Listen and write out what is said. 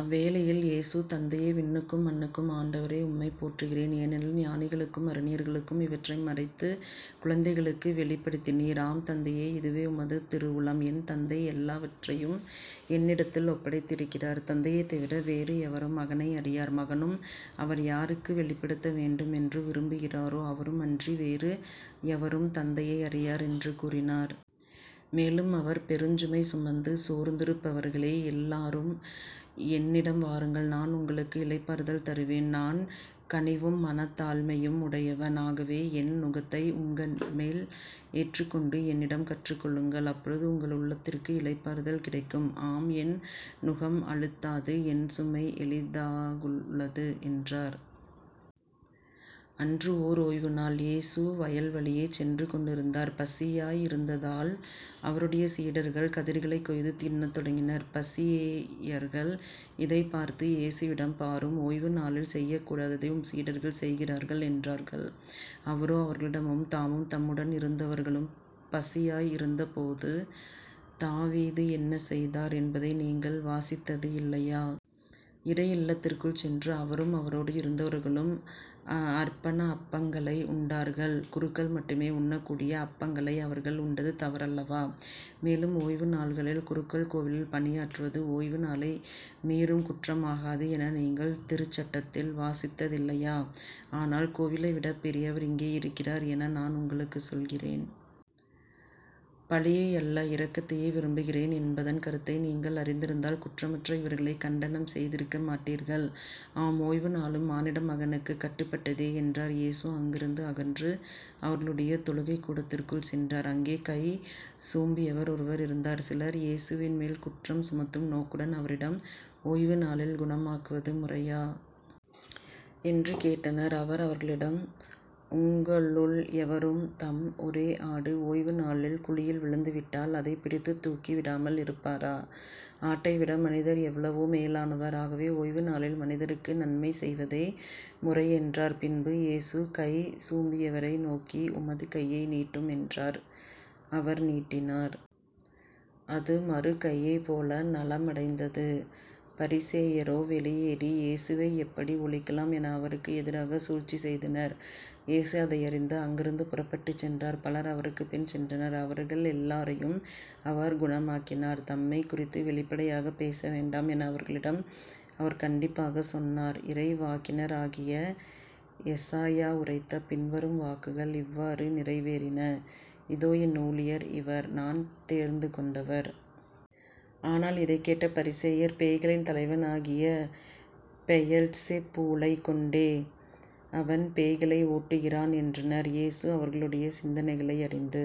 அவ்வேளையில் இயேசு தந்தையே விண்ணுக்கும் மண்ணுக்கும் ஆண்டவரே உம்மைப் போற்றுகிறேன். ஏனெனில் ஞானிகளுக்கும் அறிஞர்களுக்கும் இவற்றை மறைத்துக் குழந்தைகளுக்கு வெளிப்படுத்தினீர். ஆம் தந்தையே இதுவே உமது திருவுளம். என் தந்தை எல்லாவற்றையும் என்னிடத்தில் ஒப்படைத்திருக்கிறார். தந்தையைத் தவிர வேறு எவரும் மகனை அறியார் மகனும் அவர் யாருக்கு வெளிப்படுத்த வேண்டுமென்று விரும்புகிறாரோ அவருமன்றி வேறு எவரும் தந்தையை அறியார் என்று கூறினார். மேலும் அவர் பெருஞ்சுமை சுமந்து சோர்ந்திருப்பவர்களே எல்லாரும் என்னிடம் வாருங்கள் நான் உங்களுக்கு இளைப்பாறுதல் தருவேன். நான் கனிவும் மனத்தாழ்மையும் உடையவன். ஆகவே என் நுகத்தை உங்கள்மேல் ஏற்றுக்கொண்டு என்னிடம் கற்றுக்கொள்ளுங்கள். அப்பொழுது உங்கள் உள்ளத்திற்கு இளைப்பாறுதல் கிடைக்கும். ஆம் என் நுகம் அழுத்தாது என் சுமை எளிதாயுள்ளது என்றார். அன்று ஓர் ஓய்வுநாள். இயேசு வயல்வழியே சென்று கொண்டிருந்தார். பசியாயிருந்ததால் அவருடைய சீடர்கள் கதிர்களைக் கொய்து தின்னத் தொடங்கினார். பரிசேயர்கள் இதைப் பார்த்து இயேசுவிடம் பாரும் ஓய்வு நாளில் செய்யக்கூடாததை உம் சீடர்கள் செய்கிறார்கள் என்றார்கள். அவரோ அவர்களிடமும் தாமும் தம்முடன் இருந்தவர்களும் பசியாய் இருந்தபோது தாவீது என்ன செய்தார் என்பதை நீங்கள் வாசித்தது இல்லையா? இறை இல்லத்திற்குள் சென்று அவரும் அவரோடு இருந்தவர்களும் அர்ப்பண அப்பங்களை உண்டார்கள். குருக்கள் மட்டுமே உண்ணக்கூடிய அப்பங்களை அவர்கள் உண்டது தவறல்லவா? மேலும் ஓய்வு நாள்களில் குருக்கள் கோவிலில் பணியாற்றுவது ஓய்வுநாளை மீறும் குற்றமாகாது என நீங்கள் திருச்சட்டத்தில் வாசித்ததில்லையா? ஆனால் கோவிலைவிடப் பெரியவர் இங்கே இருக்கிறார் என நான் உங்களுக்குச் சொல்லுகிறேன். பலியை அல்ல இரக்கத்தையே விரும்புகிறேன் என்பதன் கருத்தை நீங்கள் அறிந்திருந்தால் குற்றமற்ற இவர்களைக் கண்டனம் செய்திருக்கமாட்டீர்கள் ஆம் ஓய்வு நாளும் மானிட மகனுக்குக் கட்டுப்பட்டதே என்றார் இயேசு அங்கிருந்து அகன்று அவர்களுடைய தொழுகைக்கூடத்திற்குள் சென்றார் அங்கே கை சூம்பியவர் ஒருவர் இருந்தார் சிலர் இயேசுவின்மேல் குற்றம் சுமத்தும் நோக்குடன் அவரிடம் ஓய்வுநாளில் குணமாக்குவது முறையா? என்று கேட்டனர். அவர் அவர்களிடம் உங்களுள் எவரும் தம் ஒரே ஆடு ஓய்வு நாளில் குழியில் விழுந்துவிட்டால் அதைப் பிடித்துத் தூக்கி விடாமல் இருப்பாரா? ஆட்டைவிட மனிதர் எவ்வளவோ மேலானவர் ஆகவே ஓய்வுநாளில் மனிதருக்கு நன்மை செய்வதே முறை என்றார். பின்பு இயேசு கை சூம்பியவரை நோக்கி உமது கையை நீட்டும் என்றார் அவர் நீட்டினார். அது மறு கையைப் போல நலமடைந்தது. பரிசேயரோ வெளியேறி இயேசுவை எப்படி ஒழிக்கலாம் என அவருக்கு எதிராகச் சூழ்ச்சி செய்தனர் இயேசு அதை அறிந்து அங்கிருந்து புறப்பட்டுச் சென்றார் பலர் அவருக்குப்பின் சென்றனர். அவர்களெல்லாரையும் அவர் குணமாக்கினார். தம்மைக் குறித்து வெளிப்படையாகப் பேச வேண்டாம் என அவர்களிடம் அவர் கண்டிப்பாகச் சொன்னார் இறைவாக்கினராகிய எசாயா உரைத்த பின்வரும் வாக்குகள் இவ்வாறு நிறைவேறின இதோ என் ஊழியர் இவர் நான் தேர்ந்துகொண்டவர். ஆனால் இதைக் கேட்ட பரிசேயர் பேய்களின் தலைவனாகிய பெயல்செபூலைக் கொண்டே அவன் பேய்களை ஓட்டுகிறான் என்றனர். இயேசு அவர்களுடைய சிந்தனைகளை அறிந்து